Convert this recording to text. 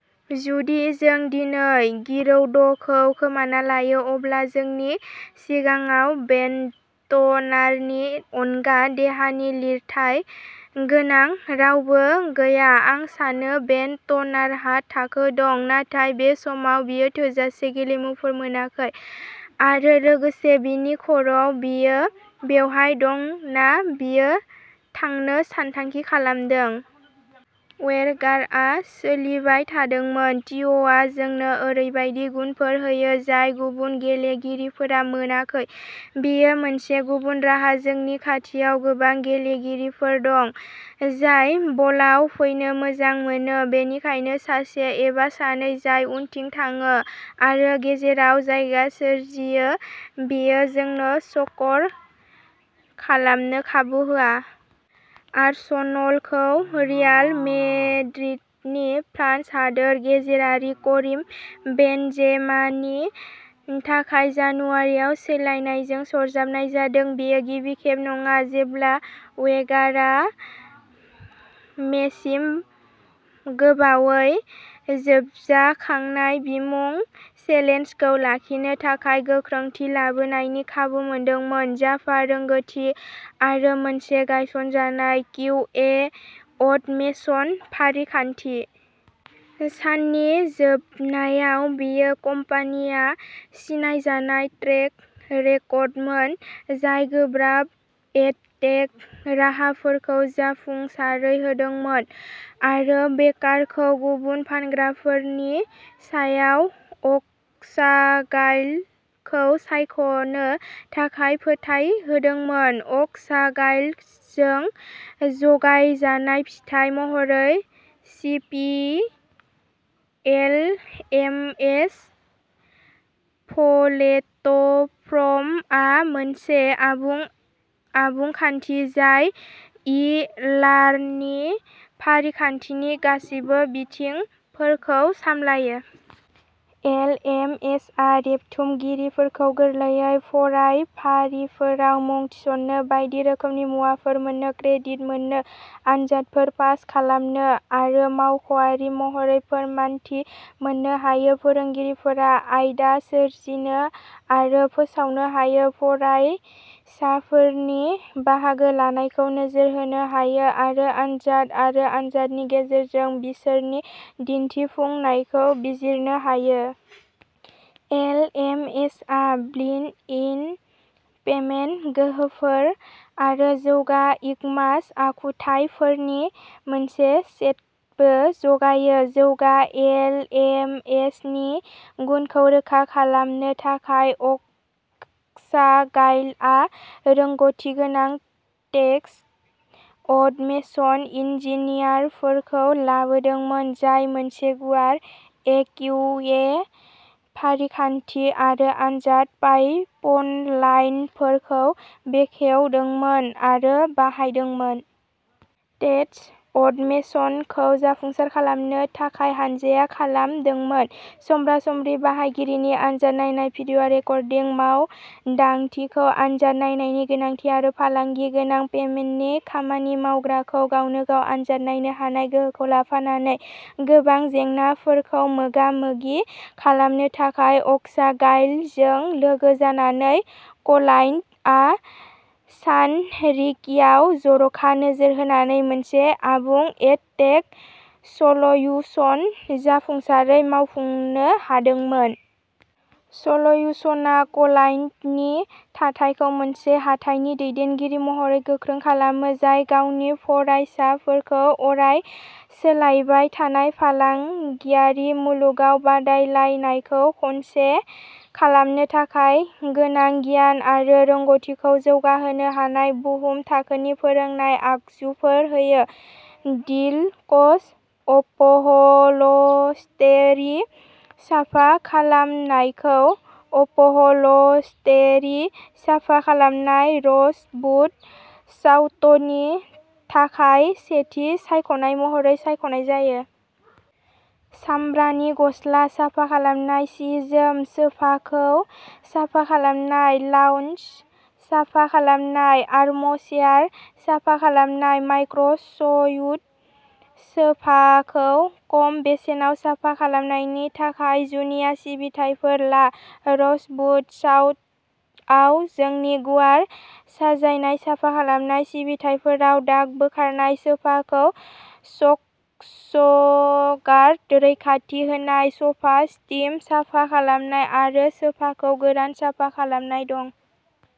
जुदि जों दिनै गिरौदखौ खोमाना लायो, अब्ला जोंनि सिगाङाव बेन्डटनारनि अनगा देहानि लिरथाइ गोनां रावबो गैया।" आं सानो बेन्डटनारहा थाखो दं, नाथाय बे समाव बियो थोजासे गेलेमुफोर मोनाखै-आरो लोगोसे, बिनि खर'आव, बियो बेवहाय दं ना बियो थांनो सानथांखि खालामदों? "वेंगारआ सोलिबाय थादोंमोनः" थिय'आ जोंनो ओरैबायदि गुनफोर होयो जाय गुबुन गेलेगिरिफोरा मोनाखै, बेयो मोनसे गुबुन राहा। "जोंनि खाथियाव गोबां गेलेगिरिफोर दं जाय बलआव फैनो मोजां मोनो, बेनिखायनो सासे एबा सानै जाय उनथिं थाङो आरो गेजेराव जायगा सोरजियो, बेयो जोंनो स्क'र खालामनो खाबु होयो।" आर्सेनलखौ रियाल मेड्रिडनि फ्रान्स हादोर गेजेरारि करिम बेनजेमानि थाखाय जानुवारियाव सोलायनायजों सरजाबनाय जादों। बेयो गिबि खेब नङा जेब्ला वेंगारहा मेसिम गोबावै जोबजाखानाय बिमुं चेलेन्जखौ लाखिनो थाखाय गोख्रोंथि लाबोनायनि खाबु मोनदोंमोन। जाभा रोंग'थि आरो मोनसे गायसनजानाय किउए अट'मेसन फारिखान्थि। साननि जोबनायाव, बेयो कम्पानिया सिनायजानाय ट्रेक रेकर्डमोन, जाय गोब्राब एडटेक राहाफोरखौ जाफुंसारै होदोंमोन आरो बेकारखौ गुबुन फानग्राफोरनि सायाव अक्सागाइलखौ सायख'नो थाखाय फोथायहोदोंमोन। अक्सागाइलजों जगायजानाय, फिथाय महरै सीपी एलएमएस प्लेटफर्मआ मोनसे आबुं, आबुं खान्थि, जाय ई-लार्निं फारिखान्थिनि गासैबो बिथिंफोरखौ सामलायो। एलएमएसआ रेबथुमगिरिफोरखौ गोरलैयै फरायफारिफोराव मुं थिसननो, बायदि रोखोमनि मुवाफोर मोन्नो, क्रेडिट मोननो, आनजादफोर पास खालामनो आरो मावख'आरि महरै फोरमानथि मोननो हायो। फोरोंगिरिफोरा आयदा सोरजिनो आरो फोसावनो हायो, फरायसाफोरनि बाहागो लानायखौ नोजोर होनो हायो, आरो आनजाद आरो आनजादनि गेजेरजों बिसोरनि दिन्थिफुंनायखौ बिजिरनो हायो। एलएमएसआ बिल्ट-इन पेमेन्ट गोहोफोर आरो जौगा इकमार्स आखुथायफोरनि मोनसे सेटबो जगायो। जौगा एलएमएसनि गुनखौ रोखा खालामनो थाखाय, अक्सागाइलआ रोंग'थिगोनां टेस्ट अट'मेसन इन्जिनियारफोरखौ लाबोदोंमोन, जाय मोनसे गुवार एकिउए फारिखान्थि आरो आनजाद पाइपलाइनफोरखौ बेखेवदोंमोन आरो बाहायदोंमोन। टेस्ट अट'मेसनखौ जाफुंसार खालामनो थाखाय, हानजाया खालामदोंमोन। समब्रा-समब्रि बाहायगिरिनि आनजाद नायनाय, भिडिअ रेकर्डिं मावदांथिखौ आनजाद नायनायनि गोनांथि, आरो फालांगि-गोनां पेमेन्टनि खामानि-मावग्राखौ गावनो-गाव आनजाद नायनो हानाय गोहोखौ लाफानानै गोबां जेंनाफोरखौ मोगा-मोगि खालामनो थाखाय। अक्सागाइलजों लोगो जानानै, क्लाइन्टआ सानरिखियाव जर'खा नोजोर होनानै मोनसे आबुं एडटेक सल्युसन जाफुंसारै मावफुंनो हादोंमोन। सल्युशना क्लाइन्टनि थाथायखौ मोनसे हाथाइनि दैदेनगिरि महरै गोख्रों खालामो, जाय गावनि फरायसाफोरखौ अराय-सोलायबाय थानाय फालांगियारि मुलुगाव बादायलायनायखौ खनसे खालामनो थाखाय गोनां गियान आरो रोंग'थिखौ जौगाहोनो हानाय बुहुम-थाखोनि फोरोंनाय आगजुफोर होयो। डिलक्स अपह'लस्टेरि साफा खालामनायखौ अपह'लस्टेरि साफा खालामनाय र'जबुद साउथनि थाखाय सेथि सायख'नाय महरै सायख'नाय जायो। सामब्रानि गस्ला साफा खालामनाय, जि-जोम सोफाखौ साफा खालामनाय, लाउन्ज साफा खालामनाय, आर्मचेयार साफा खालामनाय, माइक्र'स्युड सोफाखौ खम बेसेनाव साफा खालामनायनि थाखाय जुनिया सिबिथाइफोर ला। र'जबुद साउथआव जोंनि गुवार साजायनाय साफा खालामनाय सिबिथाइफोराव दाग बोखारनाय, सोफाखौ स्कचगार्ड रैखाथि होनाय, स'फा स्टीम साफा खालामनाय, आरो सोफाखौ गोरान साफा खालामनाय दं।